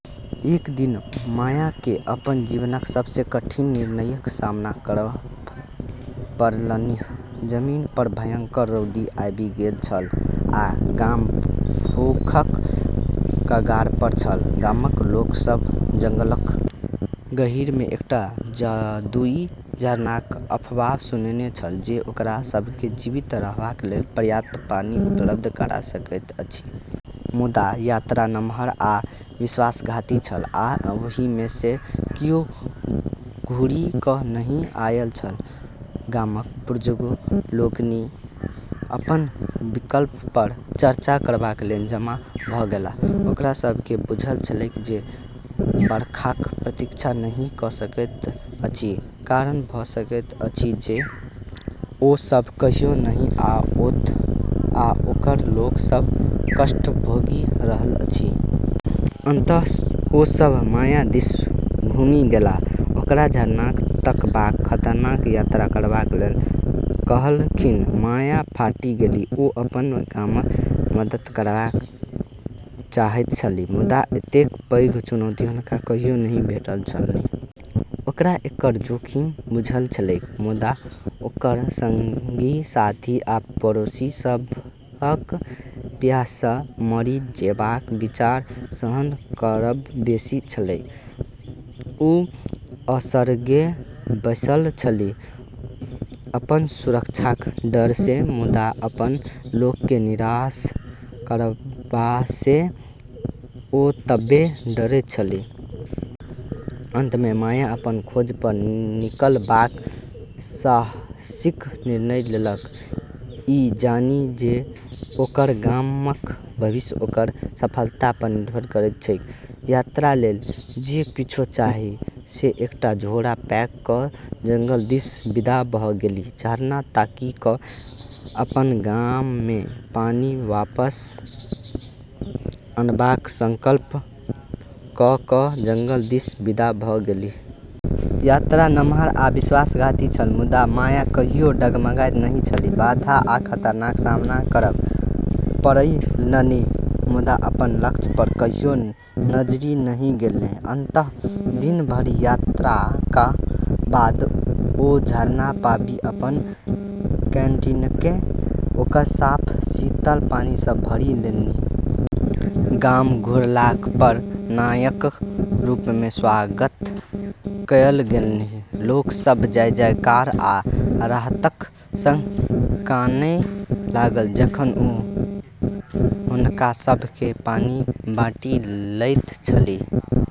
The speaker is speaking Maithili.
एक दिन मायाकेँ अपन जीवनक सबसँ कठिन निर्णयक सामना करब पड़लन्हि। जमीनपर भयंकर रौदी आबि गेल छल, आ गाम भूखक कगारपर छल। गामक लोक सभ जंगलक गहींरमे एकटा जादुई झरनाक अफवाह सुनने छल, जे ओकरा सभकेँ जीवित रहबालेल पर्याप्त पानि उपलब्ध करा सकैत अछि। मुदा यात्रा नमहर आ विश्वासघाती छल, आ ओहिमे सँ कियो घुरि कऽ नहि आएल छल। गामक बुजुर्ग लोकनि अपन विकल्पपर चर्चा करबालेल जमा भऽ गेलाह। ओकरा सभकेँ बुझल छलैक जे बरखाक प्रतीक्षा नहि कऽ सकैत अछि, कारण भऽ सकैत अछि जे ओ सभ कहियो नहि आओत, आ ओकर लोक सभ कष्ट भोगि रहल अछि। अंततः ओ सभ माया दिस घुमि गेलाह आ ओकरा झरना तकबाक खतरनाक यात्रा करबालेल कहलखिन। माया फाटि गेलीह। ओ अपन गामक मदद करब चाहैत छलीह, मुदा एतेक पैघ चुनौती हुनका कहियो नहि भेटल छलन्हि। ओकरा एकर जोखिम बुझल छलैक, मुदा ओकर संगी-साथी आ पड़ोसी सभक प्याससँ मरि जेबाक विचार सहन करब बेसी छलैक। ओ असगरे बैसल छलीह, अपन सुरक्षाक डरसँ, मुदा अपन लोककेँ निराश करबासँ ओतबे डरैत छलीह। अंतमे माया अपन खोजपर निकलबाक साहसिक निर्णय लेलक, ई जानि जे ओकर गामक भविष्य ओकर सफलतापर निर्भर करैत छैक यात्रालेल जे किछु चाही से एकटा झोरा पैक कऽ जंगल दिस विदा भऽ गेलीह, झरना ताकि कऽ अपन गाममे पानि वापस अनबाक संकल्प कऽ कऽ जंगल दिस विदा भऽ गेलीह। यात्रा नमहर आ विश्वासघाती छल, मुदा माया कहियो डगमगाइत नहि छलीह। बाधा आ खतराक सामना करब पड़लन्हि, मुदा अपन लक्ष्यपर कहियो नजरि नहि गेलन्हि। अंततः दिन भरि यात्राका बाद ओ झरना पाबि अपन कैंटीनकेँ ओकर साफ, शीतल पानिसँ भरि लेलन्हि। गाम घुरलापर नायकक रूपमे स्वागत कएल गेलन्हि। लोक सभ जय-जयकार आ राहतक संग कानए लागल जखन ओ हुनका सभ संग पानि बाँटि लैत छलीह।